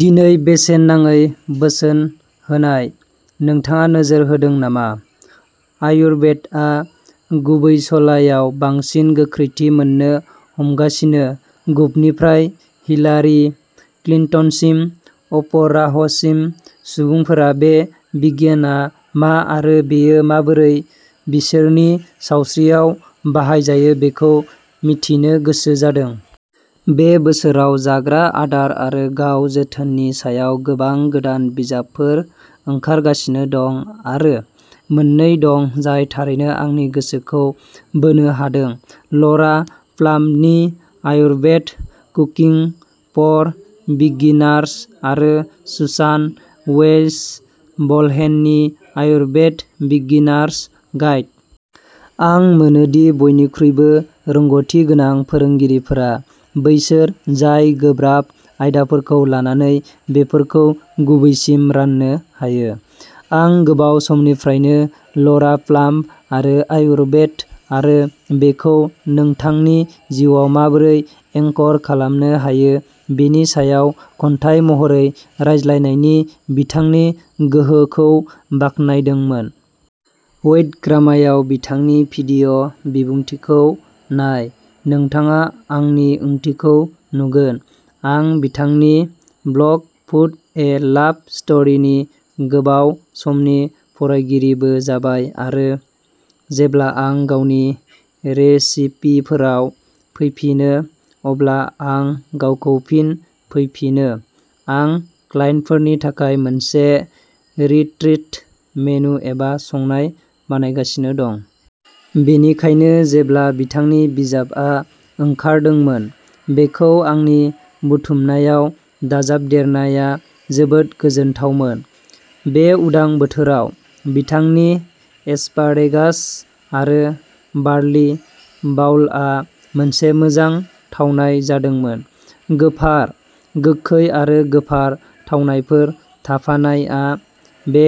दिनै बेसेन नाङै बोसोन होनाय। नोंथाङा नोजोर होदों नामा? आयुर्वेदआ गुबैसलायाव बांसिन गोख्रैथि मोन्नो हमगासिनो गूपनिफ्राय हिलारी क्लिन्टनसिम अपराहसिम सुबुंफोरा बे बिगियानआ मा आरो बेयो माबोरै बिसोरनि सावस्रियाव बाहायजायो बेखौ मिथिनो गोसो जादों। बे बोसोराव जाग्रा आदार आरो गाव जोथोननि सायाव गोबां गोदान बिजाबफोर ओंखारगासिनो दं, आरो मोननै दं जाय थारैनो आंनि गोसोखौ बोनो हादों लरा प्लाम्बनि आयुर्बेद कुकिं फर बिगिनार्स आरो सुसान वेइस बलहेननि आयुर्बेद बिगिनार्स गाइड। आं मोनोदि बयनिख्रुइबो रोंग'थिगोनां फोरोंगिरिफोरा बैसोर जाय गोब्राब आयदाफोरखौ लानानै बेफोरखौ गुबैसिम राननो हायो। आं गोबाव समनिफ्रायनो लरा प्लाम्ब आरो आयुर्बेद आरो बेखौ नोंथांनि जिउआव माबोरै एंकर खालामनो हायो बेनि सायाव खन्थाइ महरै रायज्लायनायनि बिथांनि गोहोखौ बाख्नायदोंमोन। वैद्यग्रामायाव बिथांनि भिडिय' बिबुंथिखौ नाय, नोंथाङा आंनि ओंथिखौ नुगोन। आं बिथांनि ब्लग, फुड ए लाभ स्टरीनि गोबाव समनि फरायगिरिबो जाबाय, आरो जेब्ला आं गावनि रेसिपिफोराव फैफिनो, अब्ला आं गावखौ फिन फैफिनो। आं क्लाइन्टफोरनि थाखाय मोनसे रिट्रीट मेनु एबा संनाय बानायगासिनो दं। बेनिखायनो जेब्ला बिथांनि बिजाबआ ओंखारदोंमोन, बेखौ आंनि बुथुमनायाव दाजाबदेरनाया जोबोद गोजोनथावमोन। बे उदां बोथोराव, बिथांनि एस्पारेगास आरो बार्लि बाउलआ मोनसे मोजां थावनाय जादोंमोन। गोफार, गोखै आरो गोफार थावनायफोर थाफानायआ बे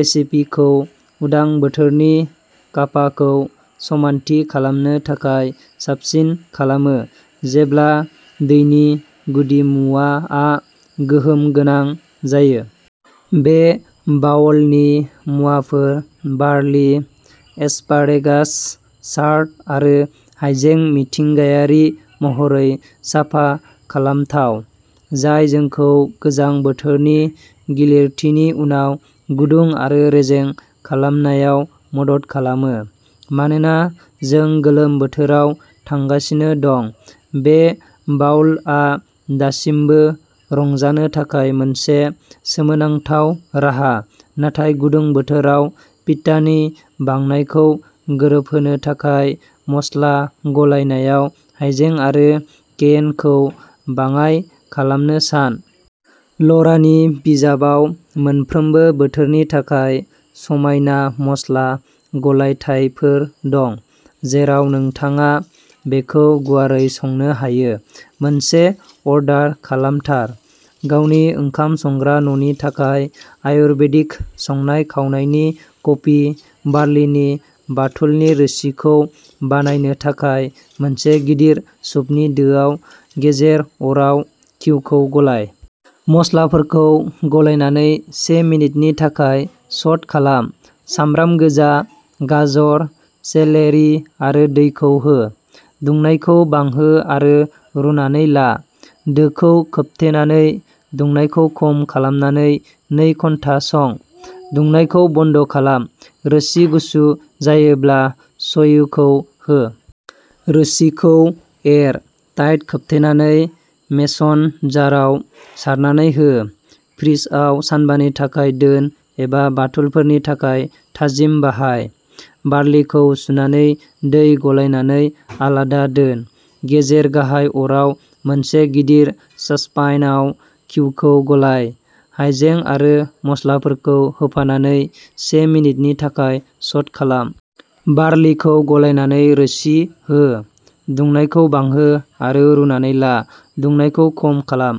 रेसिपिखौ उदां बोथोरनि काफाखौ समानथि खालामनो थाखाय साबसिन खालामो, जेब्ला दैनि गुदिमुवाआ गोहोम गोनां जायो। बे बाउलनि मुवाफोर बार्लि, एस्पारेगास, चार्ड आरो हायजें मिथिंगायारि महरै साफा खालामथाव, जाय जोंखौ गोजां बोथोरनि गिलिरथिनि उनाव गुदुं आरो रेजें खालामनायाव मदद खालामो। मानोना जों गोलोम बोथोराव थांगासिनो दं, बे बाउलआ दासिमबो रंजानो थाखाय मोनसे सोमोनांथाव राहा, नाथाय गुदुं बोथोराव पिट्टानि बांनायखौ गोरोबहोनो थाखाय मस्ला गलायनायाव हायजें आरो केयेनखौ बाङाइ खालामनो सान। लरानि बिजाबाव मोनफ्रोमबो बोथोरनि थाखाय समायना मस्ला गलायथायफोर दं, जेराव नोंथाङा बेखौ गुवारै संनो हायो। मोनसे अर्डार खालामथार। गावनि ओंखाम संग्रा न'नि थाखाय आयुर्बेदिक संनाय खावनायनि कपि बार्लिनि बाथुलनि रोसिखौ बानायनो थाखाय मोनसे गिदिर सुपनि दोआव गेजेर अराव घिउखौ गलाइ। मस्लाफोरखौ गलायनानै से मिनिटनि थाखाय सट खालाम। सामब्राम गोजा, गाजर, सेलेरि आरो दैखौ हो। दुंनायखौ बांहो आरो रुनानै ला। दोखौ खोबथेनानै, दुंनायखौ खम खालामनानै नै घन्टा सं। दुंनायखौ बन्द' खालाम। रोसि गुसु जायोब्ला शयुखौ हो। रोसिखौ एर, टाइट खोबथेनानै मेसन जारआव सारनानै हो। फ्रिजआव सानबानि थाखाय दोन एबा बाथुलफोरनि थाखाय थाजिम बाहाय। बार्लिखौ सुनानै दै गलायनानै आलादा दोन। गेजेर गाहाय अराव मोनसे गिदिर ससप्यानाव घिउखौ गलाइ। हायजें आरो मस्लाफोरखौ होफानानै से मिनिटनि थाखाय सट खालाम। बार्लिखौ गलायनानै रोसि हो, दुंनायखौ बांहो आरो रुनानै ला। दुंनायखौ खम खालाम।